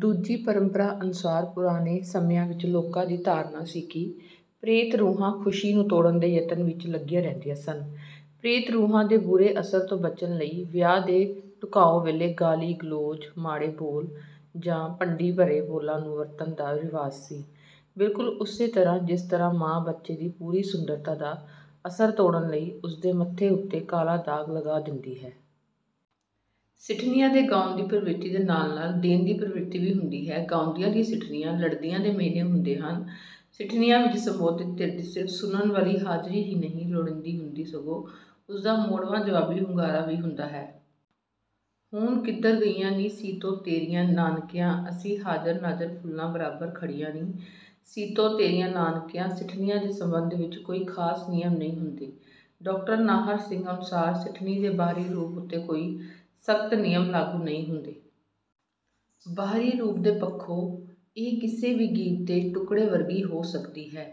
ਦੂਜੀ ਪਰੰਪਰਾ ਅਨੁਸਾਰ ਪੁਰਾਣੇ ਸਮਿਆਂ ਵਿਚ ਲੋਕਾਂ ਦੀ ਧਾਰਨਾ ਸੀ ਕਿ ਪ੍ਰੇਤ ਰੂਹਾਂ ਖੁਸ਼ੀ ਨੂੰ ਤੋੜਨ ਦੇ ਯਤਨ ਵਿੱਚ ਲੱਗੀਆਂ ਰਹਿੰਦੀਆਂ ਸਨ। ਪ੍ਰੇਤ ਰੂਹਾਂ ਦੇ ਬੁਰੇ ਅਸਰ ਤੋਂ ਬਚਣ ਲਈ ਵਿਆਹ ਦੇ ਢੁਕਾਅ ਵੇਲੇ ਗਾਲੀ, ਗਲੋਚ, ਮਾੜੇ ਬੋਲ, ਜਾਂ ਭੰਡੀ ਭਰੇ ਬੋਲਾਂ ਨੂੰ ਵਰਤਣ ਦਾ ਰਿਵਾਜ਼ ਸੀ, ਬਿਲਕੁਲ ਉਸੇ ਤਰ੍ਹਾਂ ਜਿਸ ਤਰ੍ਹਾਂ ਮਾਂ ਬੱਚੇ ਦੀ ਪੂਰੀ ਸੁੰਦਰਤਾ ਦਾ ਅਸਰ ਤੋੜਨ ਲਈ ਉਸ ਦੇ ਮੱਥੇ ਉੱਤੇ ਕਾਲਾ ਦਾਗ ਲਗਾ ਦਿੰਦੀ ਹੈ। ਸਿੱਠਣੀਆਂ ਦੇ ਗਾਉਣ ਦੀ ਪ੍ਰਵਿਰਤੀ ਦੇ ਨਾਲ ਨਾਲ 'ਦੇਣ' ਦੀ ਪ੍ਰਵਿਰਤੀ ਵੀ ਹੁੰਦੀ ਹੈ। ਗਾਉਂਦੀਆਂ ਦੀਆਂ ਸਿੱਠਣੀਆਂ ਲੜਦੀਆਂ ਦੇ ਮੇਹਣੇ ਹੁੰਦੀਆਂ ਹਨ। ਸਿੱਠਣੀਆਂ ਵਿੱਚ ਸੰਬੋਧਤ ਧਿਰ ਦੀ ਸਿਰਫ ਸੁਣਨ ਵਾਲੀ ਹਾਜ਼ਰੀ ਹੀ ਨਹੀਂ ਲੋੜੀਂਦੀ ਹੁੰਦੀ ਸਗੋਂ ਉਸਦਾ ਮੋੜਵਾਂ ਜਵਾਬੀ ਹੁੰਗਾਰਾ ਵੀ ਹੁੰਦਾ ਹੈ। ਹੁਣ ਕਿਧਰ ਗਈਆਂ ਨੀ ਸੀਤੋ ਤੇਰੀਆਂ ਨਾਨਕੀਆਂ, ਅਸੀਂ ਹਾਜ਼ਰ ਨਾਜ਼ਰ ਫੁੱਲਾਂ ਬਰਾਬਰ ਖੜੀਆਂ ਨੀ ਸੀਤੋ ਤੇਰੀਆਂ ਨਾਨਕੀਆਂ। ਸਿੱਠਣੀਆਂ ਦੇ ਸਬੰਧ ਵਿੱਚ ਕੋਈ ਖਾਸ ਨਿਯਮ ਨਹੀਂ ਹੁੰਦੇ। ਡਾਕਟਰ ਨਾਹਰ ਸਿੰਘ ਅਨੁਸਾਰ ਸਿੱਠਣੀ ਦੇ ਬਾਹਰੀ ਰੂਪ ਉੱਤੇ ਕੋਈ ਸਖ਼ਤ ਨਿਯਮ ਲਾਗੂ ਨਹੀਂ ਹੁੰਦੇ। ਬਾਹਰੀ ਰੂਪ ਦੇ ਪੱਖੋਂ ਇਹ ਕਿਸੇ ਵੀ ਗੀਤ ਦੇ ਟੁਕੜੇ ਵਰਗੀ ਹੋ ਸਕਦੀ ਹੈ।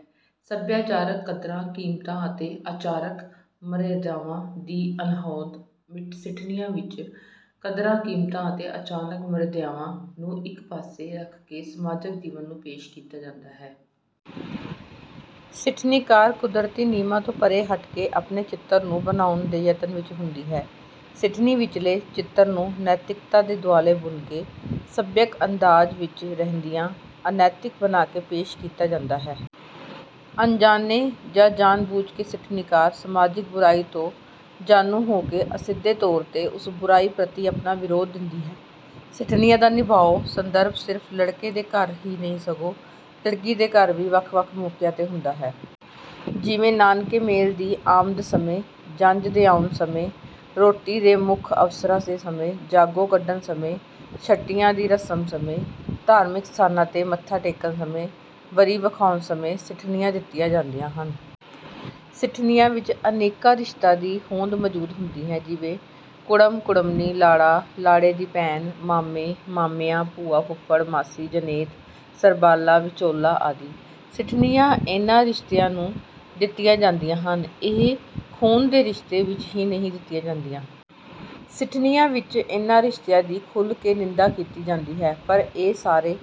ਸੱਭਿਆਚਾਰਕ ਕਦਰਾਂ-ਕੀਮਤਾਂ ਅਤੇ ਆਚਾਰਕ ਮਰਿਆਦਾਵਾਂ ਦੀ ਅਣਹੋਂਦ: ਸਿੱਠਣੀਆਂ ਵਿੱਚ ਕਦਰਾਂ ਕੀਮਤਾਂ ਅਤੇ ਆਚਾਰਕ ਮਰਿਆਦਾਵਾਂ ਨੂੰ ਇੱਕ ਪਾਸੇ ਰੱਖ ਕੇ ਸਮਾਜਕ ਜੀਵਨ ਨੂੰ ਪੇਸ਼ ਕੀਤਾ ਜਾਂਦਾ ਹੈ। ਸਿੱਠਣੀਕਾਰ, ਕੁਦਰਤੀ ਨਿਯਮਾਂ ਤੋਂ ਪਰੇ ਹਟ ਕੇ ਆਪਣੇ ਚਿੱਤਰ ਨੂੰ ਬਣਾਉਣ ਦੇ ਯਤਨ ਵਿੱਚ ਹੁੰਦੀ ਹੈ। ਸਿੱਠਣੀ ਵਿੱਚਲੇ ਚਿੱਤਰ ਨੂੰ ਨੈਤਿਕਤਾ ਦੇ ਦੁਆਲੇ ਬੁਣ ਕੇ ਸਭਿਅਕ ਅੰਦਾਜ਼ ਵਿੱਚ ਰਹਿੰਦਿਆਂ ਅਨੈਤਿਕ ਬਣਾ ਕੇ ਪੇਸ਼ ਕੀਤਾ ਜਾਂਦਾ ਹੈ। ਅਣਜਾਣੇ ਜਾਂ ਜਾਣ ਬੁੱਝ ਕੇ ਸਿੱਠਣੀਕਾਰ ਸਮਾਜਿਕ ਬੁਰਾਈ ਤੋਂ ਜਾਣੂ ਹੋ ਕੇ ਅਸਿੱਧੇ ਤੌਰ ਤੇ ਉਸ ਬੁਰਾਈ ਪ੍ਰਤੀ ਆਪਣਾ ਵਿਰੋਧ ਦਿੰਦੀ ਹੈ। ਸਿੱਠਣੀਆਂ ਦਾ ਨਿਭਾਉ ਸੰਦਰਭ ਸਿਰਫ਼ ਲੜਕੇ ਦੇ ਘਰ ਹੀ ਨਹੀਂ ਸਗੋਂ ਲੜਕੀ ਦੇ ਘਰ ਵੀ ਵੱਖ-ਵੱਖ ਮੌਕਿਆਂ ਤੇ ਹੁੰਦਾ ਹੈ। ਜਿਵੇਂ ਨਾਨਕੇ ਮੇਲ ਦੀ ਆਮਦ ਸਮੇਂ, ਜੰਝ ਦੇ ਆਉਣ ਸਮੇਂ, ਰੋਟੀ ਦੇ ਮੁੱਖ ਅਵਸਰਾਂ ਦੇ ਸਮੇਂ, ਜਾਗੋ ਕੱਢਣ ਸਮੇਂ, ਛਟੀਆਂ ਦੀ ਰਸਮ ਸਮੇਂ, ਧਾਰਮਿਕ ਸਥਾਨਾਂ ਤੇ ਮੱਥਾ ਟੇਕਣ ਸਮੇਂ, ਵਰੀ ਵਿਖਾਉਣ ਸਮੇਂ ਸਿੱਠਣੀਆਂ ਦਿੱਤੀਆਂ ਜਾਂਦੀਆਂ ਹਨ। ਸਿੱਠਣੀਆਂ ਵਿੱਚ ਅਨੇਕਾਂ ਰਿਸ਼ਤਿਆਂ ਦੀ ਹੋਂਦ ਮੌਜੂਦ ਹੁੰਦੀ ਹੈ ਜਿਵੇਂ ਕੁੜਮ, ਕੁੜਮਣੀ, ਲਾੜਾ, ਲਾੜੇ ਦੀ ਭੈਣ, ਮਾਮੇ ਮਾਮੀਆਂ, ਭੂਆ, ਫੁਫੜ, ਮਾਸੀ, ਜਣੇਤ, ਸਰਬਾਲਾ, ਵਿਚੋਲਾ ਆਦਿ। ਸਿੱਠਣੀਆਂ ਇਹਨਾਂ ਰਿਸ਼ਤਿਆਂ ਨੂੰ ਦਿੱਤੀਆਂ ਜਾਂਦੀਆਂ ਹਨ। ਇਹ ਖੂਨ ਦੇ ਰਿਸ਼ਤੇ ਵਿੱਚ ਨਹੀਂ ਦਿੱਤੀਆਂ ਜਾਂਦੀਆਂ। ਸਿੱਠਣੀਆਂ ਵਿੱਚ ਇਹਨਾਂ ਰਿਸ਼ਤਿਆਂ ਦੀ ਖੁੱਲ੍ਹ ਕੇ ਨਿੰਦਾ ਕੀਤੀ ਜਾਂਦੀ ਹੈ ਪਰ ਇਹ ਸਾਰੇ